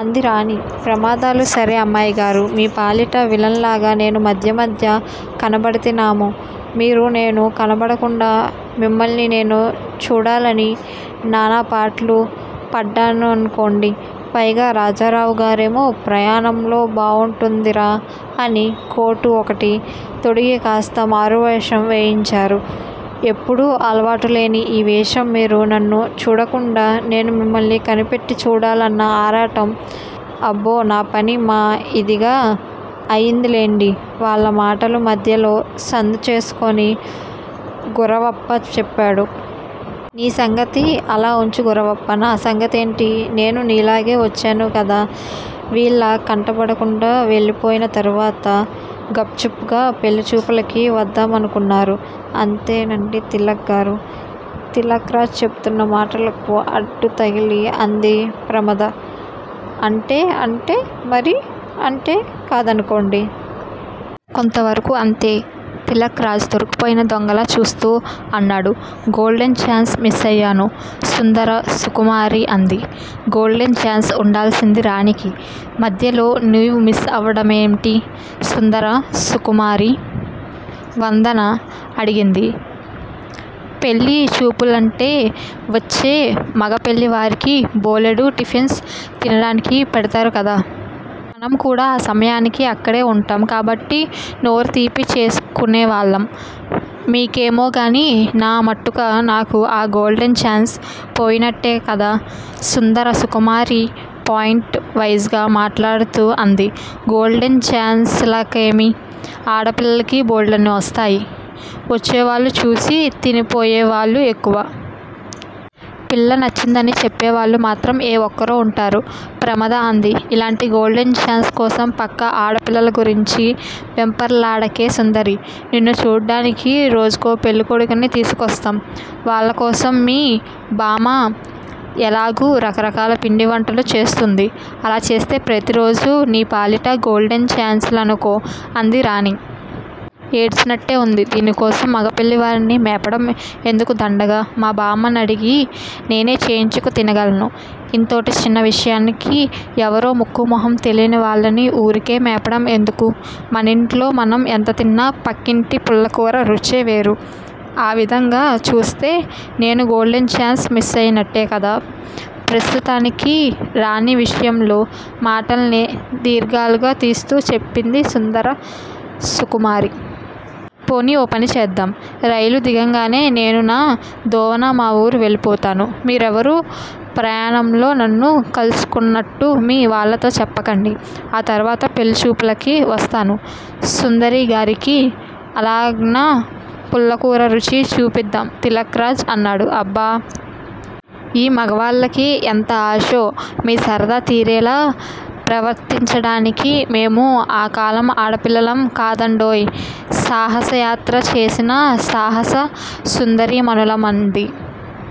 అంది రాణి. ప్రమాదాలు సరే అమ్మాయిగారు మీ పాలిట విలన్ లాగా నేను మధ్య మధ్య కనబడితినాయె. మీకు నేను కనబడకుండా మిమ్మల్ని నేను చూడాలని నానాపాట్లు పడ్డాననుకోండి. పైగా రాజారావుగారేమో ప్రయాణంలో బావుంటుందిరా! అని కోటు ఒకటి తొడిగి కాస్త మారువేషం వేయించారు. ఎప్పుడూ అలవాటులేని ఈ వేషం మీరు నన్ను చూడకుండా నేను మిమ్మల్ని కనిపెట్టి చూడాలన్న ఆరాటం అబ్బో నా పని మా ఇదిగా అయిందిలెండి వాళ్ళ మాటల మధ్యలో సందు చేసుకొని గురవప్ప చెప్పాడు. నీ సంగతి అలా ఉంచు గురవప్పా నా సంగతేమిటి? నేనూ నీలాగే వచ్చాను కదా వీళ్ళ కంటబడకుండా వెళ్ళిపోయిన తరువాత గప్ చుప్ గా పెళ్ళిచూపులకి వద్దామనుకున్నారు. అంతేనాండి తిలక్ గారు? తిలక్ రాజ్ చెబుతున్న మాటలకు అడ్డు తగిలి అంది ప్రమద. అంతే అంటే మరీ అంతే కాదనుకోండి. కొంతవరకు అంతే తిలక్ రాజ్ దొరికిపోయిన దొంగలా చూస్తూ అన్నాడు. గోల్డెన్ ఛాన్స్ మిస్సయ్యాను సుందర సుకుమారి అంది. గోల్డెన్ ఛాన్స్ ఉండాల్సింది రాణీకి. మధ్యలో నీవు మిస్ కావడమేమిటే సుందర సుకుమారీ! వందన అడిగింది. పెళ్ళి చూపులంటే వచ్చే మగపెళ్ళివారికి బోలెడు టిఫెన్స్ తింనడానికి పెడతారు కదా! మనం కూడా ఆ సమయానికి అక్కడే ఉంటాం కాబట్టి నోరు తీపి చేసుకొనేవాళ్ళం. మీకేమోగాని నా మటుకు నాకు ఆ గోల్డెన్ ఛాన్స్ పోయినట్టే కదా! సుందర సుకుమారి పాయింట్ వైజ్ గా మాట్లాడుతూ అంది. గోల్డెన్ ఛాన్సులకేమి? ఆడపిల్లలకి బోల్డన్ని వస్తాయి. వచ్చేవాళ్ళు చూసి తినిపోయేవాళ్ళు ఎక్కువ. పిల్ల నచ్చిందని చెప్పేవాళ్ళు మాత్రం ఏ ఒక్కరో ఉంటారు ప్రమద అంది. ఇలాంటి గోల్డెన్ ఛాన్స్ కోసం పక్క ఆడపిల్లల గురించి వెంపర్లాడకే సుందరీ! నిన్ను చూడ్డానికి రోజుకో పెళ్ళికొడుకుని తీసుకొస్తాం. వాళ్ళకోసం మీ బామ్మ ఎలాగూ రకరకాల పిండి వంటలు చేస్తుంది. అలా చేస్తే ప్రతిరోజూ నీ పాలిట గోల్డెన్ ఛాన్సేననుకో అంది రాణి. ఏడ్చినట్టే ఉంది. దీనికోసం మగపెళ్ళివారిని మేపడం ఎందుకు దండగ. మా బామ్మనడిగి నేనే చేయించుకు తినగలను. ఇంతోటి చిన్న విషయానికి ఎవరో ముక్కూ మొహం తెలీని వాళ్ళని ఊరికే మేపడం ఎందుకు? మనింట్లో మనం ఎంత తిన్నా పక్కింటి పుల్లకూర రుచే వేరు. ఆ విధంగా చూస్తే నేను గోల్డెన్ ఛాన్స్ మిస్సయినట్టే కదా ప్రస్తుతానికి రా ణి విషయంలో మాటల్నే దీర్ఘాలుగా తీస్తూ చెప్పింది సుందర సుకుమారి. పోనీ ఓ పని చేద్దాం. రైలు దిగంగానే నేను నా దోవన మా ఊరు వెళ్ళిపోతాను. మీరెవరూ ప్రయాణంలో నన్ను కలుసుకొన్నట్టు మీ వాళ్ళతో చెప్పకండి. ఆ తరువాత పెళ్ళిచూపులకి వస్తాను. సుందరి గారికి అలాగన్నా పుల్లకూర రుచి చూపిద్దాం తిలక్ రాజ్ అన్నాడు. అబ్బా! ఈ మగవాళ్ళకి ఎంత ఆశో! మీ సరదా తీరేలా ప్రవర్తించడానికి మేము ఆ కాలం ఆడపిల్లలం కాదండోయ్. సాహసయాత్ర చేసిన సాహస సుందరీమణులం అంది